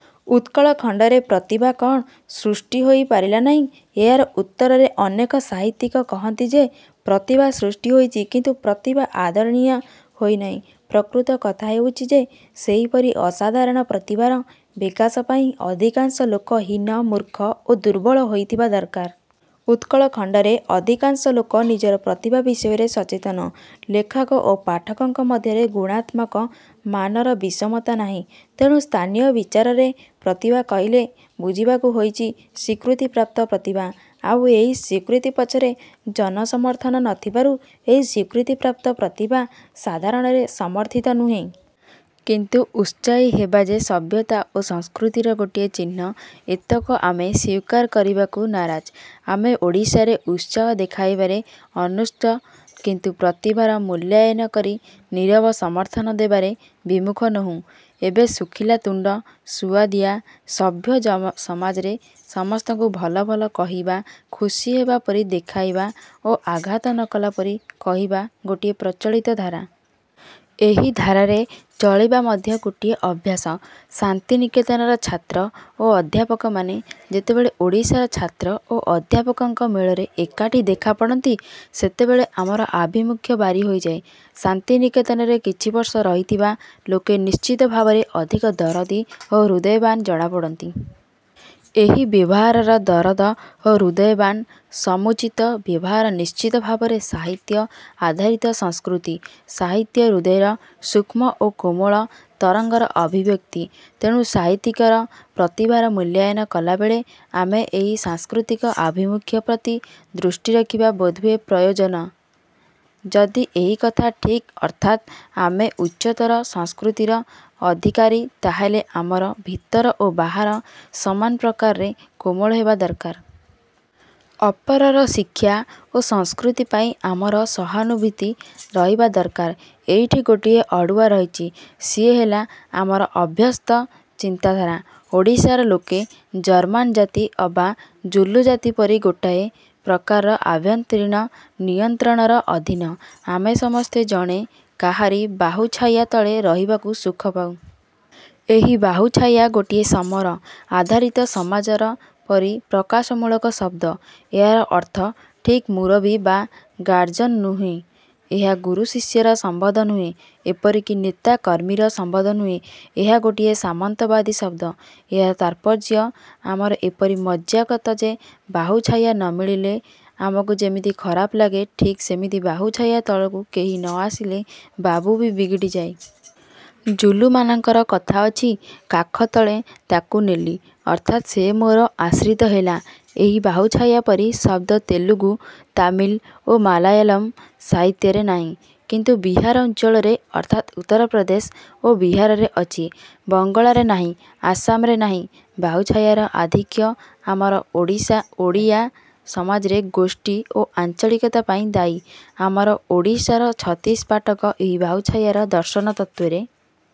ଉତ୍କଳ ଖଣ୍ତରେ ପ୍ରତିଭା କ'ଣ ସୃଷ୍ଟି ହୋଇ ପାରିଲା ନାହିଁ-? ଏହାର ଉତ୍ତରରେ ଅନେକ ସାହିତ୍ୟିକ କହନ୍ତି ଯେ ପ୍ରତିଭା ସୃଷ୍ଟି ହୋଇଛି କିନ୍ତୁ ପ୍ରତିଭା ଆଦରଣୀୟ ହୋଇ ନାହିଁ। ପ୍ରକୃତ କଥା ହେଉଛି ଯେ ସେହିପରି ଅସାଧାରଣ ପ୍ରତିଭାର ବିକାଶ ପାଇଁ ଅଧିକାଂଶ ଲୋକ ହୀନ, ମୂର୍ଖ ଓ ଦୁର୍ବଳ ହେଇଥିବା ଦରକାର। ଉତ୍କଳ ଖଣ୍ତରେ ଅଧିକାଂଶ ଲୋକ ନିଜର ପ୍ରତିଭା ବିଷୟରେ ସଚେତନ। ଲେଖକ ଓ ପାଠକଙ୍କ ମଧ୍ୟରେ ଗୁଣାତ୍ମକ ମାନର ବିଷମତା ନାହିଁ। ତେଣୁ ସ୍ଥାନୀୟ ବିଚାରରେ ପ୍ରତିଭା କହିଲେ ବୁଝିବାକୁ ହୋଇଛି ସ୍ୱୀକୃତିପ୍ରାପ୍ତ ପ୍ରତିଭା। ଆଉ ଏହି ସ୍ୱୀକୃତି ପଛରେ ଜନ ସମର୍ଥନ ନଥିବାରୁ ଏହି ସ୍ୱୀକୃତିପ୍ରାପ୍ତ ପ୍ରତିଭା ସାଧାରଣରେ ସମର୍ଥିତ ନୁହେଁ। କିନ୍ତୁ ଉତ୍ସାହୀ ହେବା ଯେ ସଭ୍ୟତା ଓ ସଂସ୍କୃତିର ଗୋଟିଏ ଚିହ୍ନ-ଏତକ ଆମେ ସ୍ୱୀକାର କରିବାକୁ ନାରାଜ। ଆମେ ଓଡ଼ିଶାରେ ଉତ୍ସାହ ଦେଖାଇବାରେ ଅନୁଷ୍ଣ କିନ୍ତୁ ପ୍ରତିଭାର ମୂଲ୍ୟାୟନ କରି ନିରବ ସମର୍ଥନ ଦେବାରେ ବିମୁଖ ନୋହୁଁ। ଏବେ ଶୁଖିଲା ତୁଣ୍ତ-ସୁଆଦିଆ ସଭ୍ୟ ସମାଜରେ ସମସ୍ତଙ୍କୁ ଭଲ-ଭଲ କହିବା, ଖୁସି ହେବା ପରି ଦେଖାଇବା ଓ ଆଘାତ ନ କଲା ପରି କହିବା ଗୋଟିଏ ପ୍ରଚଳିତ ଧାରା। ଏହି ଧାରାରେ ଚଳିବା ମଧ୍ୟ ଗୋଟିଏ ଅଭ୍ୟାସ। ଶାନ୍ତିନିକେତନର ଛାତ୍ର ଓ ଅଧ୍ୟାପକମାନେ ଯେତେବେଳେ ଓଡ଼ିଶାର ଛାତ୍ର ଓ ଅଧ୍ୟାପକଙ୍କ ମେଳରେ ଏକାଠି ଦେଖା ପଡ଼ନ୍ତି ସେତେବେଳେ ଆମର ଆଭିମୁଖ୍ୟ ବାରି ହୋଇଯାଏ-। ଶାନ୍ତିନିକେତନରେ କିଛି ବର୍ଷ ରହିଥିବା ଲୋକେ ନିଶ୍ଚିତ ଭାବରେ ଅଧିକ ଦରଦୀ ଓ ହୃଦୟବାନ ଜଣାପଡ଼ନ୍ତି। ଏହି ବ୍ୟବହାରର ଦରଦ ଓ ହୃଦୟବାନ୍-ସମୁଚିତ ବ୍ୟବହାର ନିଶ୍ଚିତ ଭାବରେ ସାହିତ୍ୟ-ଆଧାରିତ ସଂସ୍କୃତି। ସାହିତ୍ୟ ହୃଦୟର ସୂକ୍ଷ୍ମ ଓ କୋମଳ ତରଙ୍ଗର ଅଭିବ୍ୟକ୍ତି। ତେଣୁ ସାହିତ୍ୟିକର ପ୍ରତିଭାର ମୂଲ୍ୟାୟନ କଲାବେଳେ ଆମେ ଏହି ସାଂସ୍କୃତିକ ଆଭିମୁଖ୍ୟ ପ୍ରତି ଦୃଷ୍ଟି ରଖିବା ବୋଧହୁଏ ପ୍ରୟୋଜନ। ଯଦି ଏହି କଥା ଠିକ୍ ଅର୍ଥାତ୍ ଆମେ ଉଚ୍ଚତର ସଂସ୍କୃତିର ଅଧିକାରୀ ତାହାହେଲେ ଆମର ଭିତର ଓ ବାହାର ସମାନ ପ୍ରକାରରେ କୋମଳ ହେବା ଦରକାର। ଅପରର ଶିକ୍ଷା ଓ ସଂସ୍କୃତି ପାଇଁ ଆମର ସହାନୁଭୂତି ରହିବା ଦରକାର। ଏଇଠି ଗୋଟିଏ ଅଡ଼ୁଆ ରହିଛି-ସିଏ ହେଲା ଆମର ଅଭ୍ୟସ୍ତ ଚିନ୍ତାଧାରା। ଓଡ଼ିଶାର ଲୋକେ ଜର୍ମାନ ଜାତି ଅବା ଜୁଲୁ ଜାତି ପରି ଗୋଟାଏ ପ୍ରକାରର ଆଭ୍ୟନ୍ତରୀଣ ନିୟନ୍ତ୍ରଣର ଅଧୀନ। ଆମେ ସମସ୍ତେ ଜଣେ କାହାରି ବାହୁଛାୟା ତଳେ ରହିବାକୁ ସୁଖ ପାଉ। ଏହି ବାହୁଛାୟା ଗୋଟିଏ ସମର-ଆଧାରିତ ସମାଜର ପରି ପ୍ରକାଶମୂଳକ ଶଦ୍ଦ। ଏହାର ଅର୍ଥ ଠିକ୍ ମୂରବି ବା ଗାର୍ଜନ ନୁହେଁ। ଏହା ଗୁରୁ-ଶିଷ୍ୟର ସମ୍ୱନ୍ଧ ନୁହେଁ। ଏପରିକି ନେତା-କର୍ମୀର ସମ୍ୱନ୍ଧ ନୁହେଁ। ଏହା ଗୋଟିଏ ସାମନ୍ତବାଦୀ ଶଦ୍ଦ। ଏହାର ତାତ୍ପର୍ଯ୍ୟ ଆମର ଏପରି ମଜ୍ଜାଗତ ଯେ ବାହୁଛାୟା ନ ମିଳିଲେ ଆମକୁ ଯେମିତି ଖରାପ ଲାଗେ ଠିକ୍ ସେମିତି ବାହୁଛାୟା ତଳକୁ କେହି ନ ଆସିଲେ ବାବୁ ବି ବିଗିଡ଼ିଯାଏ। ଜୁଲୁମାନଙ୍କର କଥା ଅଛି-କାଖତଳେ ତା'କୁ ନେଲି। ଅର୍ଥାତ୍ ସେ ମୋର ଆଶ୍ରିତ ହେଲା। ଏହି ବାହୁଛାୟା ପରି ଶଦ୍ଦ ତେଲୁଗୁ, ତାମିଲ ଓ ମାଲୟାଲମ ସାହିତ୍ୟରେ ନାହିଁ। କିନ୍ତୁ ବିହାର ଅଞ୍ଚଳରେ ଅର୍ଥାତ୍ ଉତ୍ତର ପ୍ରଦେଶ ଓ ବିହାରରେ ଅଛି। ବଙ୍ଗଳାରେ ନାହିଁ-ଆସାମରେ ନାହିଁ। ବାହୁଛାୟାର ଆଧିକ୍ୟ ଆମର ଓଡ଼ିଆ ସମାଜରେ ଗୋଷ୍ଠୀ ଓ ଆଞ୍ଚଳିକତା ପାଇଁ ଦାୟୀ-। ଆମର ଓଡ଼ିଶାର ଛତିଶି ପାଟକ ଏହି ବାହୁଛାୟାର ଦର୍ଶନ ତତ୍ତ୍ୱରେ